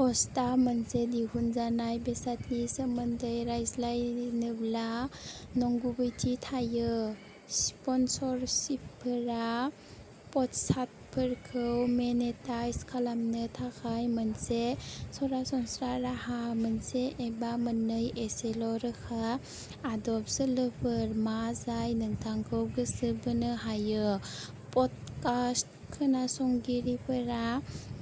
ह'स्टआ मोनसे दिहुनजानाय बेसादनि सोमोन्दै रायज्लायनोब्ला नंगुबैथि थायो। स्पनसरशिपफोरा प'डकास्टफोरखौ मनेटाइज खालामनो थाखाय मोनसे सरासनस्रा राहा। मोनसे एबा मोननै एसेल' रोखा आदब सोलोफोर मा जाय नोंथांखौ गोसो बोनो हायो? प'डकास्ट खोनासंगिरिफोरा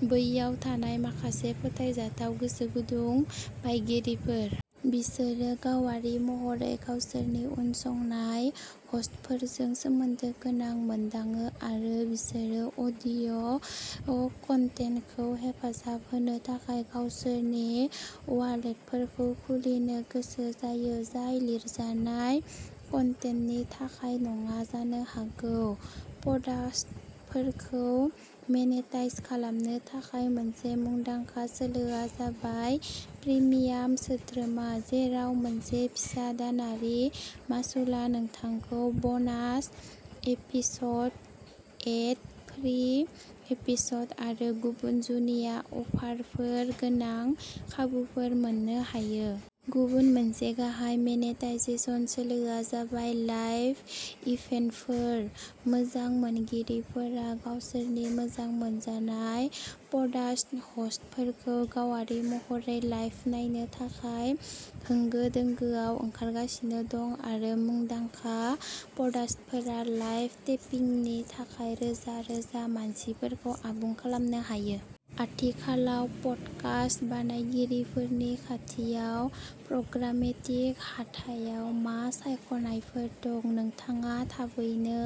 बैयाव थानाय माखासे फोथायजाथाव, गोसोगुदुं बायगिरिफोर। बिसोरो गावारि महरै गावसोरनि उनसंनाय ह'स्टफोरजों सोमोन्दो गोनां मोनदाङो आरो बिसोरो अडिय' कन्टेन्टखौ हेफाजाब होनो थाखाय गावसोरनि वालेटफोरखौ खुलिनो गोसो जायो, जाय लिरजानाय कन्टेन्टनि थाखाय नङा जानो हागौ। प'डास्टफोरखौ मेनेटाइज खालामनो थाखाय मोनसे मुंदांखा सोलोआ जाबाय प्रिमियाम सोद्रोमा, जेराव मोनसे फिसा दानारि मासुलआ नोंथांखौ ब'नास एपिस'ड, एड-फ्री एपिस'ड आरो गुबुन जुनिया अफारफोर गोनां खाबुफोर मोननो हायो। गुबुन मोनसे गाहाय मेनेटाइजेशन सोलोआ जाबाय लाइभ इभेन्टफोर। मोजां मोनगिरिफोरा गावसोरनि मोजां मोनजानाय प'डास्ट ह'स्टफोरखौ गावारि महरै लाइभ नायनो थाखाय होंगो-दोंगोआव ओंखारगासिनो दं आरो मुंदांखा प'डास्टफोरा लाइभ टेपिंनि थाखाय रोजा-रोजा मानसिफोरखौ आबुं खालामनो हायो। आथिखालाव पडकास्ट बानायगिरिफोरनि खाथियाव प्रग्रामेटिक हाथायाव मा सायख'नायफोर दं? नोंथाङा थाबैनो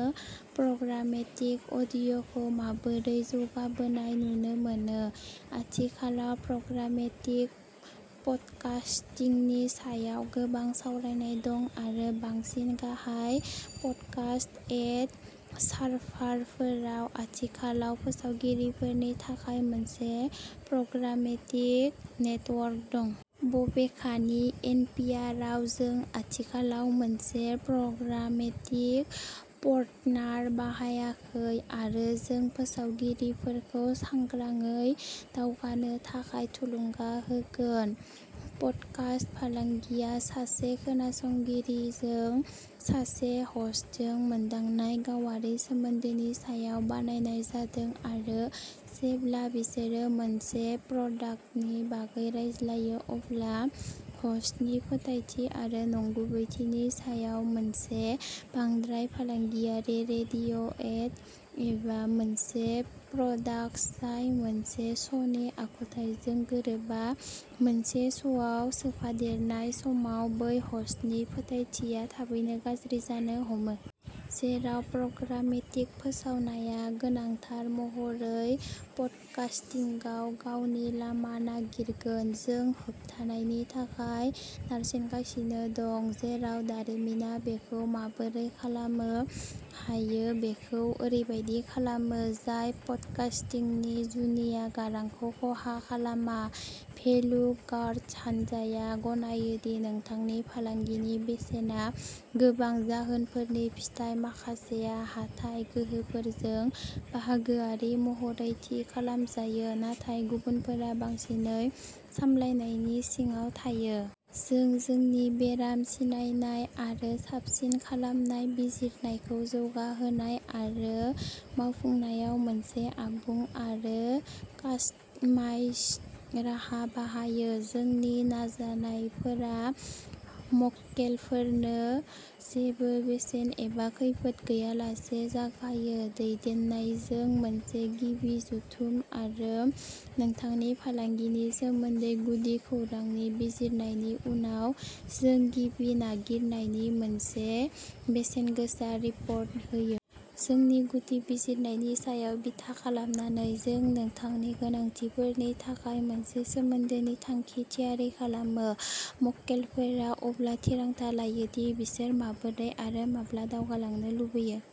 प्रग्रामेटिक अडिय'खौ माबोरै जौगाबोनाय नुनो मोनो? आथिखालाव प्रग्रामेटिक पडकास्टिंनि सायाव गोबां सावरायनाय दं आरो बांसिन गाहाय पडकास्ट एड सार्भारफोरनाव आथिखालाव फोसावगिरिफोरनि थाखाय मोनसे प्रग्रामेटिक नेटवर्क दं। बबेखानि एनपिआरआव जों आथिखालाव मोनसे प्रग्रामेटिक पर्टनार बाहायाखै आरो जों फोसावगिरिफोरखौ सांग्राङै दावगानो थाखाय थुलुंगा होगोन। पडकास्ट फालांगिया सासे खोनासंगिरिजों सासे ह'स्टजों मोनदांनाय गावारि सोमोन्दोनि सायाव बानायनाय जादों आरो जेब्ला बिसोरो मोनसे प्रडाक्टनि बागै रायज्लायो अब्ला ह'स्टनि फोथायथि आरो नंगुबैथिनि सायाव मोनसे बांद्राय फालांगियारि रेडिय'एड, एबा मोनसे प्रडाक्ट जाय मोनसे श'नि आखुथाइजों गोरोबा, मोनसे श'आव सोफादेरनाय समाव बै ह'स्टनि फोथायथिआ थाबैनो गाज्रि जानो हमो। जेराव प्रग्रामेटिक फोसावनाया गोनांथार महरै पडकास्टिंगआव गावनि लामा नागिरगोन, जों होबथानायनि थाखाय नारसिनगासिनो दं, जेराव दारिमिना बेखौ माबोरै खालामो हायो बेखौ ओरैबायदि खालामो, जाय पडकास्टिंनि जुनिया गारांखौ खहा खालामा। भेलु गार्डस हान्जाया गनायो दि नोंथांनि फालांगिनि बेसेना गोबां जाहोनफोरनि फिथाय, माखासेआ हाथाइ गोहोफोरजों बाहागोआरि महरै थि खालामजायो, नाथाय गुबुनफोरा बांसिनै सामलायनायनि सिङाव थायो। जों जोंनि बेराम सिनायनाय आरो साबसिन खालामनाय बिजिरनायखौ जौगाहोनाय आरो मावफुंनायाव मोनसे आबुं आरो कास्टमाइज्ड राहा बाहायो। जोंनि नाजानायफोरा मक्केलफोरनो जेबो बेसेन एबा खैफोद गैयालासे जागायो। दैदेननायजों मोनसे गिबि जथुम आरो नोंथांनि फालांगिनि सोमोन्दै गुदि खौरांनि बिजिरनायनि उनाव, जों गिबि नागिरनायनि मोनसे बेसेनगोसा रिपर्ट होयो। जोंनि गुदि बिजिरनायनि सायाव बिथा खालामनानै, जों नोंथांनि गोनांथिफोरनि थाखाय मोनसे सोमोन्दोनि थांखि थियारि खालामो। मक्केलफोरा अब्ला थिरांथा लायो दि बिसोर माबोरै, आरो माब्ला दावगालांनो लुबैयो।